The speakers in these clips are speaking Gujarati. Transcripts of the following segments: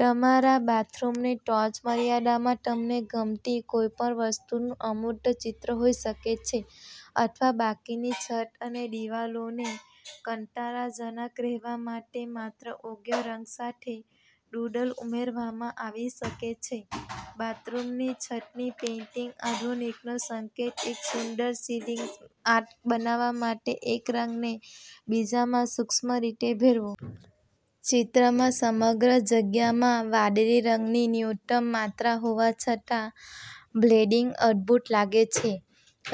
તમારા બાથરૂમની ટોચમર્યાદામાં તમને ગમતી કોઈપણ વસ્તુનું અમૂર્ત ચિત્ર હોઈ શકે છે અથવા બાકીની છત અને દિવાલોને કંટાળાજનક રહેવા માટે માત્ર યોગ્ય રંગ સાથે ડૂડલ ઉમેરવામાં આવી શકે છે. બાથરૂમની છતની પેઇન્ટિંગ આધુનિકનો સંકેત એક સુંદર સીલિંગ આર્ટ બનાવવા માટે એક રંગને બીજામાં સૂક્ષ્મ રીતે ભેળવો. ચિત્રમાં સમગ્ર જગ્યામાં વાદળી રંગની ન્યૂનતમ માત્રા હોવા છતાં, બ્લેડિંગ અદ્ભુત લાગે છે.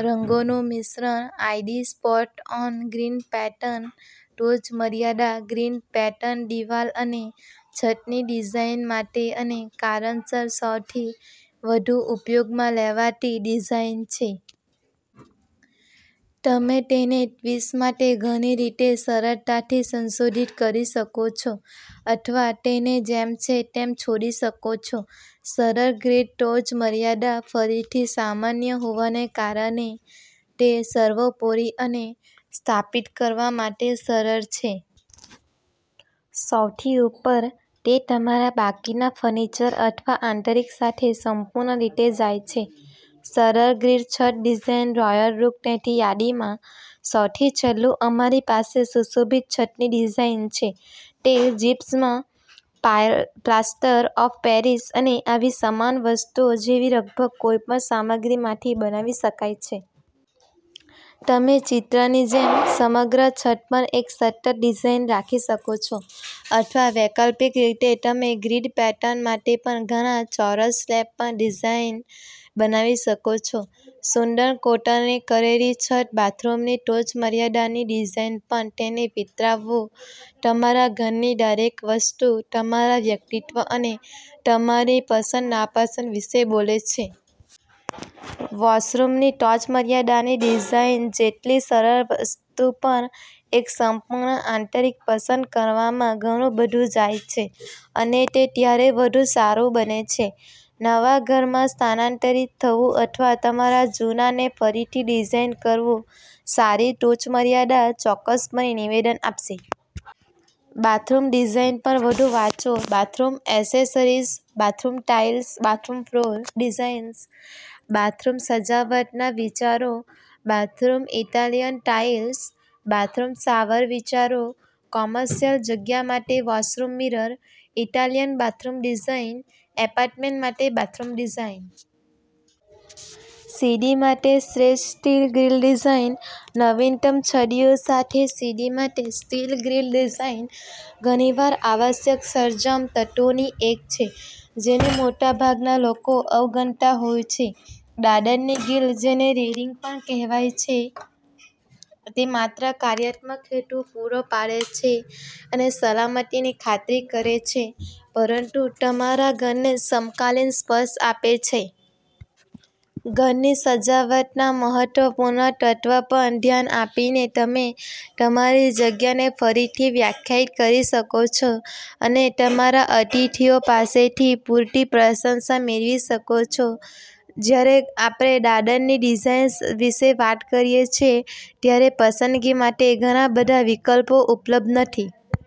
રંગોનું મિશ્રણ આઈડી સ્પોટ-ઓન ગ્રીડ પેટર્ન ટોચમર્યાદા ગ્રીડ પેટર્નદિવાલ અને છતની ડિઝાઇન માટે અને કારણસર સૌથી વધુ ઉપયોગમાં લેવાતી ડિઝાઇન છે. તમે તેને ટ્વિસ્ટ માટે ઘણી રીતે સરળતાથી સંશોધિત કરી શકો છો અથવા તેને જેમ છે તેમ છોડી શકો છો. સરળ ગ્રીડ ટોચમર્યાદા, ફરીથી સામાન્ય હોવાને કારણે તે સર્વોપરી અને સ્થાપિત કરવા માટે સરળ છે. સૌથી ઉપર, તે તમારા બાકીના ફર્નિચર અથવા આંતરિક સાથે સંપૂર્ણ રીતે જાય છે. સરળ ગ્રીડ છત ડિઝાઇન રોયલ લુક તેથી યાદીમાં સૌથી છેલ્લું અમારી પાસે સુશોભિત છતની ડિઝાઇન છે. તે જીપ્સમ, પ્લાસ્ટર ઓફ પેરિસ અને આવી સમાન વસ્તુઓ જેવી લગભગ કોઈપણ સામગ્રીમાંથી બનાવી શકાય છે. તમે ચિત્રની જેમ, સમગ્ર છત પર એક સતત ડિઝાઇન રાખી શકો છો. અથવા વૈકલ્પિક રીતે તમે ગ્રીડ પેટર્ન માટે પણ ઘણા ચોરસ સ્લેબ પર સમાન ડિઝાઇન બનાવી શકો છો. સુંદર કોતરણી કરેલી છત બાથરૂમની ટોચમર્યાદાની ડિઝાઇન પર તેને વીંટાળવું તમારા ઘરની દરેક વસ્તુ તમારા વ્યક્તિત્વ અને તમારી પસંદ-નાપસંદ વિશે બોલે છે. વૉશરૂમની ટોચમર્યાદાની ડિઝાઇન જેટલી સરળ વસ્તુ પણ. એક સંપૂર્ણ આંતરિક પસંદ કરવામાં ઘણું બધું જાય છે અને તે ત્યારે વધુ સારું બને છે. નવા ઘરમાં સ્થાનાંતરિત થવું અથવા તમારા જૂનાને ફરીથી ડિઝાઇન કરવું, સારી ટોચમર્યાદા ચોક્કસપણે નિવેદન આપશે. બાથરૂમ ડિઝાઇન પર વધુ વાંચો, bathroom accessories, bathroom tiles, bathroom floor designs, bathroom સજાવટના વિચારો, bathroom Italian tiles, bathroom shower વિચારો, કોમર્શિયલ જગ્યા માટે washroom mirror, Italian bathroom design, apartment માટે બાથરૂમ ડિઝાઇન. સીડી માટે શ્રેષ્ઠ સ્ટીલ ગ્રીલ ડિઝાઇન નવીનતમ છબીઓ સાથે સીડી માટે સ્ટીલ ગ્રીલ ડિઝાઇન ઘણીવાર આવશ્યક સરંજામ તત્વોમાંની એક છે જેને મોટાભાગના લોકો અવગણતા હોય છે. દાદરની ગ્રીલ, જેને રેલિંગ પણ કહેવાય છે, તે માત્ર કાર્યાત્મક હેતુપૂરો પાડે છે અને સલામતીની ખાતરી કરે છે પરંતુ તમારા ઘરને સમકાલીન સ્પર્શ આપે છે. ઘરની સજાવટના મહત્વપૂર્ણ તત્વ પર ધ્યાન આપીને તમે તમારી જગ્યાને ફરીથી વ્યાખ્યાયિત કરી શકો છો અને તમારા અતિથિઓ પાસેથી પૂરતી પ્રશંસા મેળવી શકો છો. જ્યારે આપણે દાદરની ડિઝાઇન વિશે વાત કરીએ છીએ ત્યારે પસંદગી માટે ઘણા બધા વિકલ્પો ઉપલબ્ધ નથી.